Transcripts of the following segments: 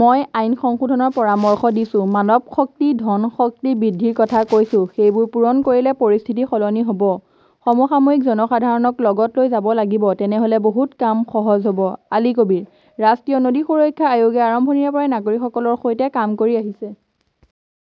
মই আইন সংশোধনৰ পৰামৰ্শ দিছো। মানৱশক্তি, ধন শক্তি বৃদ্ধিৰ কথা কৈছো। সেইবোৰ পূৰণ কৰিলে পৰিস্থিতি সলনি হ’ব। সমসাময়িকঃ জনসাধাৰণক লগত লৈ যাব লাগিব। তেনেহ’লে বহুত কাম সহজ হ’ব। আলী কবীৰঃ ৰাষ্ট্ৰীয় নদী সুৰক্ষা আয়োগে আৰম্ভণিৰে পৰাই নাগৰিকসকলৰ সৈতে কাম কৰি আহিছে।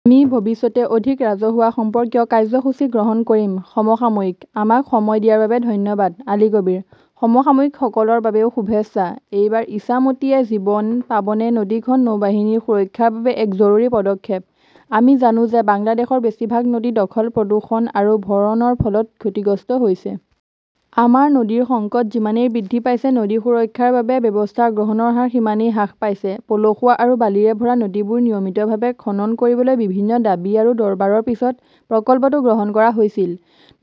আমি ভৱিষ্যতে অধিক ৰাজহুৱা সম্পৰ্কীয় কাৰ্যসূচী গ্ৰহণ কৰিম। সমসাময়িকঃ আমাক সময় দিয়াৰ বাবে ধন্যবাদ। আলী কবীৰঃ সমসাময়িকসকলৰ বাবেও শুভেচ্ছা। এইবাৰ ইছামতীয়ে জীৱন পাবনে নদী খনন নৌবাহিনীৰ সুৰক্ষাৰ বাবে এক জৰুৰী পদক্ষেপ। আমি জানো যে বাংলাদেশৰ বেছিভাগ নদী দখল-প্ৰদূষণ আৰু ভৰণৰ ফলত ক্ষতিগ্ৰস্ত হৈছে। আমাৰ নদীৰ সংকট যিমানে বৃদ্ধি পাইছে; নদী সুৰক্ষাৰ বাবে ব্যৱস্থা গ্ৰহণৰ হাৰ সিমানে হ্ৰাস পাইছে। পলসুৱা আৰু বালিৰে ভৰা নদীবোৰ নিয়মিতভাৱে খনন কৰিবলৈ বিভিন্ন দাবী আৰু দৰবাৰৰ পিছত প্ৰকল্পটো গ্ৰহণ কৰা হৈছিল।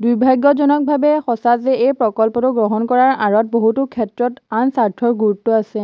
দুৰ্ভাগ্যজনকভাৱে সঁচা যে এই প্ৰকল্পটো গ্ৰহণ কৰাৰ আঁৰত বহুতো ক্ষেত্ৰত আন স্বাৰ্থৰ গুৰুত্ব আছে।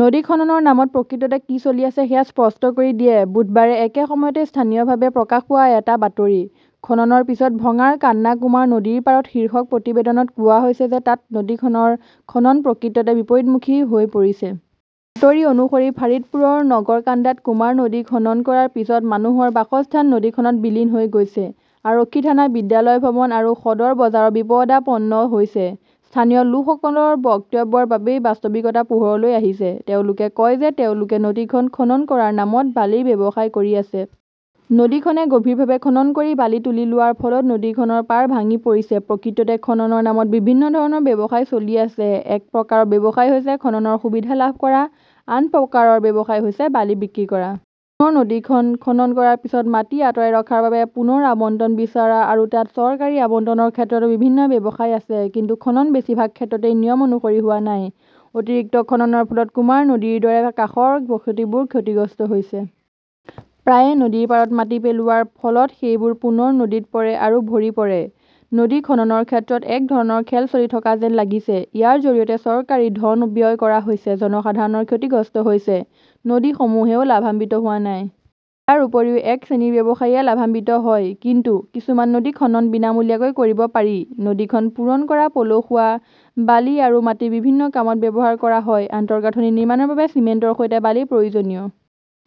নদী খননৰ নামত প্ৰকৃততে কি চলি আছে সেয়া স্পষ্ট কৰি দিয়ে-বুধবাৰে একে সময়তে স্থানীয়ভাৱে প্ৰকাশ পোৱা এটা বাতৰি। খননৰ পিছত ভঙাৰ কান্না কুমাৰ নদীৰ পাৰত শীৰ্ষক প্ৰতিবেদনত কোৱা হৈছে যে তাত নদীখনৰ খনন প্ৰকৃততে বিপৰীতমুখী হৈ পৰিছে। বাতৰি অনুসৰি, ফাৰিদপুৰৰ নগৰকান্দাত কুমাৰ নদী খনন কৰাৰ পিছত মানুহৰ বাসস্থান নদীখনত বিলীন হৈ গৈছে। আৰক্ষী থানা, বিদ্যালয় ভৱন আৰু সদৰ বজাৰ বিপদাপন্ন হৈছে। স্থানীয় লোকসকলৰ বক্তব্যৰ বাবেই বাস্তৱিকতা পোহৰলৈ আহিছে। তেওঁলোকে কয় যে তেওঁলোকে নদীখন খনন কৰাৰ নামত বালিৰ ব্যৱসায় কৰি আছে। নদীখনে গভীৰভাৱে খনন কৰি বালি তুলি লোৱাৰ ফলত নদীখনৰ পাৰ ভাঙি পৰিছে। প্ৰকৃততে খননৰ নামত বিভিন্ন ধৰণৰ ব্যৱসায় চলি আছে। এক প্ৰকাৰৰ ব্যৱসায় হৈছে খননৰ সুবিধা লাভ কৰা; আন প্ৰকাৰৰ ব্যৱসায় হৈছে বালি বিক্ৰী কৰা। পুনৰ নদীখন খনন কৰাৰ পিছত মাটি আঁতৰাই ৰখাৰ বাবে পুনৰ আবণ্টন বিচাৰা আৰু তাত চৰকাৰী আবণ্টনৰ ক্ষেত্ৰতো বিভিন্ন ব্যৱসায় আছে। কিন্তু খনন বেছিভাগ ক্ষেত্ৰতে নিয়ম অনুসৰি হোৱা নাই। অতিৰিক্ত খননৰ ফলত কুমাৰ নদীৰ দৰে কাষৰ বসতিবোৰ ক্ষতিগ্ৰস্ত হৈছে। প্ৰায়ে নদীৰ পাৰত মাটি পেলোৱাৰ ফলত সেইবোৰ পুনৰ নদীত পৰে আৰু ভৰি পৰে। নদী খননৰ ক্ষেত্ৰত এক ধৰণৰ খেল চলি থকা যেন লাগিছে। ইয়াৰ জৰিয়তে চৰকাৰী ধন ব্যয় কৰা হৈছে; জনসাধাৰণ ক্ষতিগ্ৰস্ত হৈছে; নদীসমূহেও লাভান্বিত হোৱা নাই। ইয়াৰ উপৰিও, এক শ্ৰেণীৰ ব্যৱসায়ীয়ে লাভান্বিত হয়। কিন্তু কিছুমান নদীৰ খনন বিনামূলীয়াকৈ কৰিব পাৰি। নদীখন পূৰণ কৰা পলসুৱা, বালি আৰু মাটি বিভিন্ন কামত ব্যৱহাৰ কৰা হয়। আন্তঃগাঁথনি নিৰ্মাণৰ বাবে চিমেণ্টৰ সৈতে বালি প্ৰয়োজনীয়।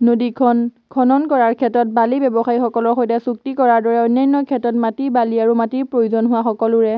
নদীখন খনন কৰাৰ ক্ষেত্ৰত বালি ব্যৱসায়ীসকলৰ সৈতে চুক্তি কৰাৰ দৰে, অন্যান্য ক্ষেত্ৰত মাটি, বালি আৰু মাটিৰ প্ৰয়োজন হোৱা সকলোৰে